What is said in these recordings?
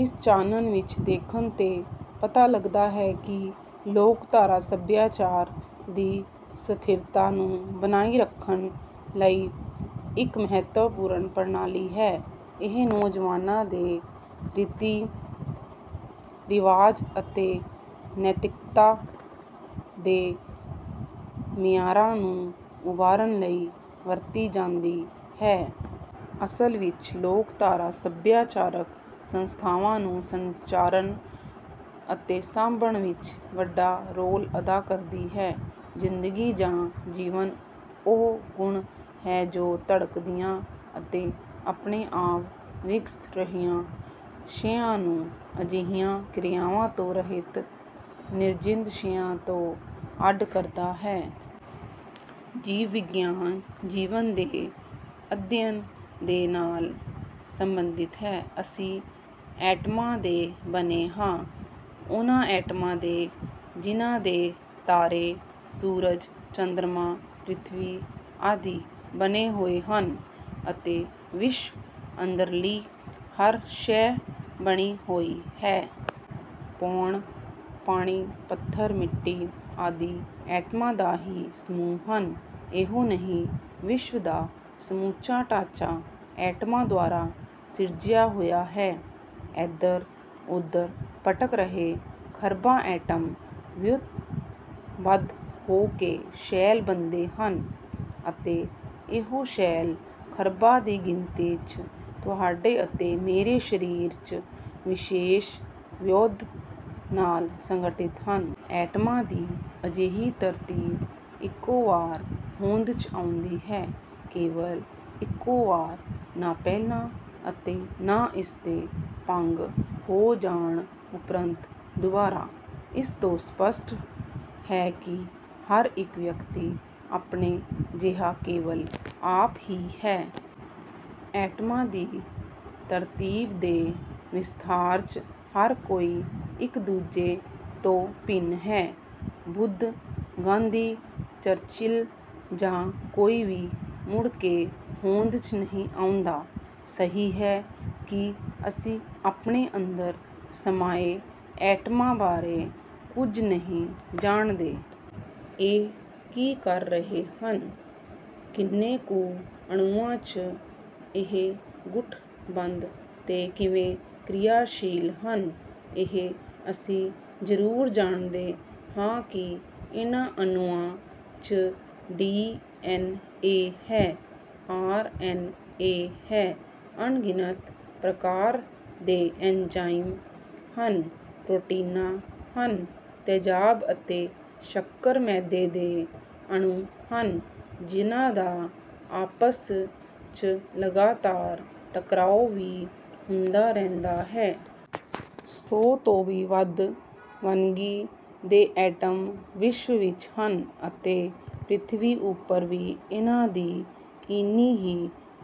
ਇਸ ਚਾਨਣ ਵਿਚ ਦੇਖਣ ਤੇ ਪਤਾ ਲੱਗਦਾ ਹੈ ਕਿ ਲੋਕਧਾਰਾ ਸਭਿਆਚਾਰ ਦੀ ਸਥਿਰਤਾ ਨੂੰ ਬਣਾਈ ਰੱਖਣ ਲਈ ਇੱਕ ਮਹੱਤਵਪੂਰਨ ਪ੍ਰਣਾਲੀ ਹੈ। ਇਹ ਨੌਜਵਾਨਾਂ ਦੇ ਰੀਤੀ ਰਿਵਾਜ ਅਤੇ ਨੈਤਿਕਤਾ ਦੇ ਮਿਆਰਾਂ ਨੂੰ ਉਭਾਰਨ ਲਈ ਵਰਤੀ ਜਾਂਦੀ ਹੈ। ਅਸਲ ਵਿੱਚ ਲੋਕਧਾਰਾ ਸਭਿਆਚਾਰਕ ਸੰਸਥਾਵਾਂ ਨੂੰ ਸੰਚਾਰਨ ਅਤੇ ਸਾਂਭਣ ਵਿਚ ਵੱਡਾ ਰੋਲ ਅਦਾ ਕਰਦੀ ਹੈ। ਜ਼ਿੰਦਗੀ ਜਾਂ ਜੀਵਨ ਉਹ ਗੁਣ ਹੈ ਜੋ ਧੜਕਦੀਆਂ ਅਤੇ ਆਪਣੇ ਆਪ ਵਿਗਸ ਰਹੀਆਂ ਸ਼ੈਆਂ ਨੂੰ ਅਜਿਹੀਆਂ ਕਿਰਿਆਵਾਂ ਤੋਂ ਰਹਿਤ ਨਿਰਜਿੰਦ ਸ਼ੈਆਂ ਤੋਂ ਅੱਡ ਕਰਦਾ ਹੈ। ਜੀਵ ਵਿਗਿਆਨ ਜੀਵਨ ਦੇ ਅਧਿਅਨ ਦੇ ਨਾਲ ਸੰਬੰਧਿਤ ਹੈ। ਅਸੀਂ ਐਟਮਾਂ ਦੇ ਬਣੇ ਹਾਂ, ਉਨ੍ਹਾਂ ਐਟਮਾਂ ਦੇ ਜਿਨ੍ਹਾਂ ਦੇ ਤਾਰੇ, ਸੂਰਜ, ਚੰਦਰਮਾ, ਪ੍ਰਿਥਵੀ ਆਦਿ ਬਣੇ ਹੋਏ ਹਨ ਅਤੇ ਵਿਸ਼ਵ ਅੰਦਰਲੀ ਹਰ ਸ਼ੈਅ ਬਣੀ ਹੋਈ ਹੈ। ਪੌਣ, ਪਾਣੀ, ਪੱਥਰ, ਮਿੱਟੀ ਆਦਿ ਐਟਮਾਂ ਦਾ ਹੀ ਸਮੂਹ ਹਨ। ਇਹੋ ਨਹੀਂ, ਵਿਸ਼ਵ ਦਾ ਸਮੁੱਚਾ ਢਾਂਚਾ ਐਟਮਾਂ ਦੁਆਰਾ ਸਿਰਜਿਆ ਹੋਇਆ ਹੈ। ਐਧਰ ਓਧਰ ਭਟਕ ਰਹੇ ਖ਼ਰਬਾਂ ਐਟਮ ਵਿਉਂਤਬੱਧ ਹੋ ਕੇ ਸੈੱਲ ਬਣਦੇ ਹਨ ਅਤੇ ਇਹੋ ਸੈੱਲ, ਖ਼ਰਬਾਂ ਦੀ ਗਿਣਤੀ 'ਚ, ਤੁਹਾਡੇ ਅਤੇ ਮੇਰੇ ਸਰੀਰ 'ਚ ਵਿਸ਼ੇਸ਼ ਵਿਉਂਤ ਨਾਲ ਸੰਗਿਠਤ ਹਨ। ਐਟਮਾਂ ਦੀ ਅਜਿਹੀ ਤਰਤੀਬ ਇਕੋ ਵਾਰ ਹੋਂਦ 'ਚ ਆਉਂਦੀ ਹੈ, ਕੇਵਲ ਇਕੋ ਵਾਰ, ਨਾ ਪਹਿਲਾਂ ਅਤੇ ਨਾ ਇਸ ਦੇ ਭੰਗ ਹੋ ਜਾਣ ਉਪਰੰਤ, ਦੁਬਾਰਾ। ਇਸ ਤੋਂ ਸਪੱਸ਼ਟ ਹੈ ਕਿ ਹਰ ਇਕ ਵਿਅਕਤੀ ਆਪਣੇ ਜਿਹਾ ਕੇਵਲ ਆਪ ਹੀ ਹੈ। ਐਟਮਾਂ ਦੀ ਤਰਤੀਬ ਦੇ ਵਿਸਥਾਰ 'ਚ ਹਰ ਕੋਈ ਇਕ ਦੂਜੇ ਤੋਂ ਭਿੰਨ ਹੈ। ਬੁੱਧ, ਗਾਂਧੀ, ਚਰਚਿਲ ਜਾਂ ਕੋਈ ਵੀ ਮੁੜਕੇ ਹੋਂਦ 'ਚ ਨਹੀਂ ਆਉਂਦਾ। ਸਹੀ ਹੈ ਕਿ ਅਸੀਂ ਆਪਣੇ ਅੰਦਰ ਸਮਾਏ ਐਟਮਾਂ ਬਾਰੇ ਕੁਝ ਨਹੀਂ ਜਾਣਦੇ। ਇਹ ਕੀ ਕਰ ਰਹੇ ਹਨ, ਕਿੰਨੇ ਕੁ ਅਣੂਆਂ 'ਚ ਇਹ ਗੁਠਬੰਦ ਤੇ ਕਿਵੇਂ ਕ੍ਰਿਆਸ਼ੀਲ ਹਨ। ਇਹ ਅਸੀਂ ਜ਼ਰੂਰ ਜਾਣਦੇ ਹਾਂ ਕਿ ਇਨ੍ਹਾਂ ਅਣੂਆਂ 'ਚ ਡੀ ਐਨ ਏ ਹੈ, ਆਰ ਐਨ ਏ ਹੈ, ਅਣਗਿਣਤ ਪ੍ਰਕਾਰ ਦੇ ਐਨਜ਼ਾਈਮ ਹਨ, ਪ੍ਰੋਟੀਨਾਂ ਹਨ, ਤੇਜ਼ਾਬ ਅਤੇ ਸ਼ੱਕਰ ਮੈਦੇ ਦੇ ਅਣੂ ਹਨ, ਜਿਨ੍ਹਾਂ ਦਾ ਆਪਸ 'ਚ ਲਗਾਤਾਰ ਟਕਰਾਓ ਵੀ ਹੁੰਦਾ ਰਹਿੰਦਾ ਹੈ। ਸੌ ਤੋਂ ਵੀ ਵੱਧ ਵੰਨਗੀ ਦੇ ਐਟਮ ਵਿਸ਼ਵ ਵਿਚ ਹਨ ਅਤੇ ਪ੍ਰਿਥਵੀ ਉਪਰ ਵੀ ਇਨ੍ਹਾਂ ਦੀ ਇੰਨੀ ਹੀ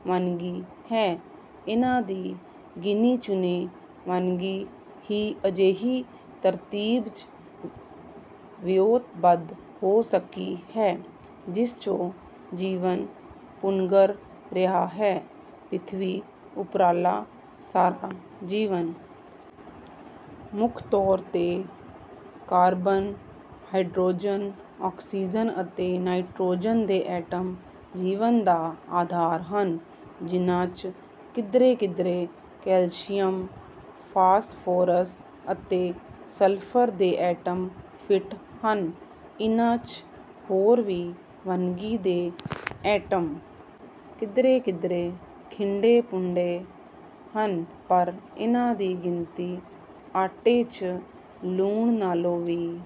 ਵੰਨਗੀ ਹੈ। ਇਨ੍ਹਾਂ ਦੀ ਗਿਣੀ ਚੁਣੀ ਵੰਨਗੀ ਹੀ ਅਜਿਹੀ ਤਰਤੀਬ 'ਚ ਵਿਉਂਤਬਧ ਹੋ ਸਕੀ ਹੈ, ਜਿਸ 'ਚੋਂ ਜੀਵਨ ਪੁੰਗਰ ਰਿਹਾ ਹੈ, ਪ੍ਰਿਥਵੀ ਉਪਰਲਾ ਸਾਰਾ ਜੀਵਨ। ਮੁੱਖ ਤੌਰ 'ਤੇ ਕਾਰਬਨ, ਹਾਈਡ੍ਰੋਜਨ, ਆਕਸੀਜ਼ਨ ਅਤੇ ਨਾਈਟ੍ਰੋਜਨ ਦੇ ਐਟਮ ਜੀਵਨ ਦਾ ਆਧਾਰ ਹਨ, ਜਿਨ੍ਹਾਂ 'ਚ ਕਿਧਰੇ ਕਿਧਰੇ ਕੈਲਸ਼ੀਅਮ, ਫਾਸਫੋਰਸ ਅਤੇ ਸਲਫਰ ਦੇ ਐਟਮ ਫਿੱਟ ਹਨ। ਇਨ੍ਹਾਂ 'ਚ ਹੋਰ ਵੀ ਵੰਨਗੀ ਦੇ ਐਟਮ ਕਿਧਰੇ ਕਿਧਰੇ ਖਿੰਡੇ ਪੁੰਡੇ ਹਨ, ਪਰ ਇਨ੍ਹਾਂ ਦੀ ਗਿਣਤੀ ਆਟੇ 'ਚ ਲੂਣ ਨਾਲੋਂ ਵੀ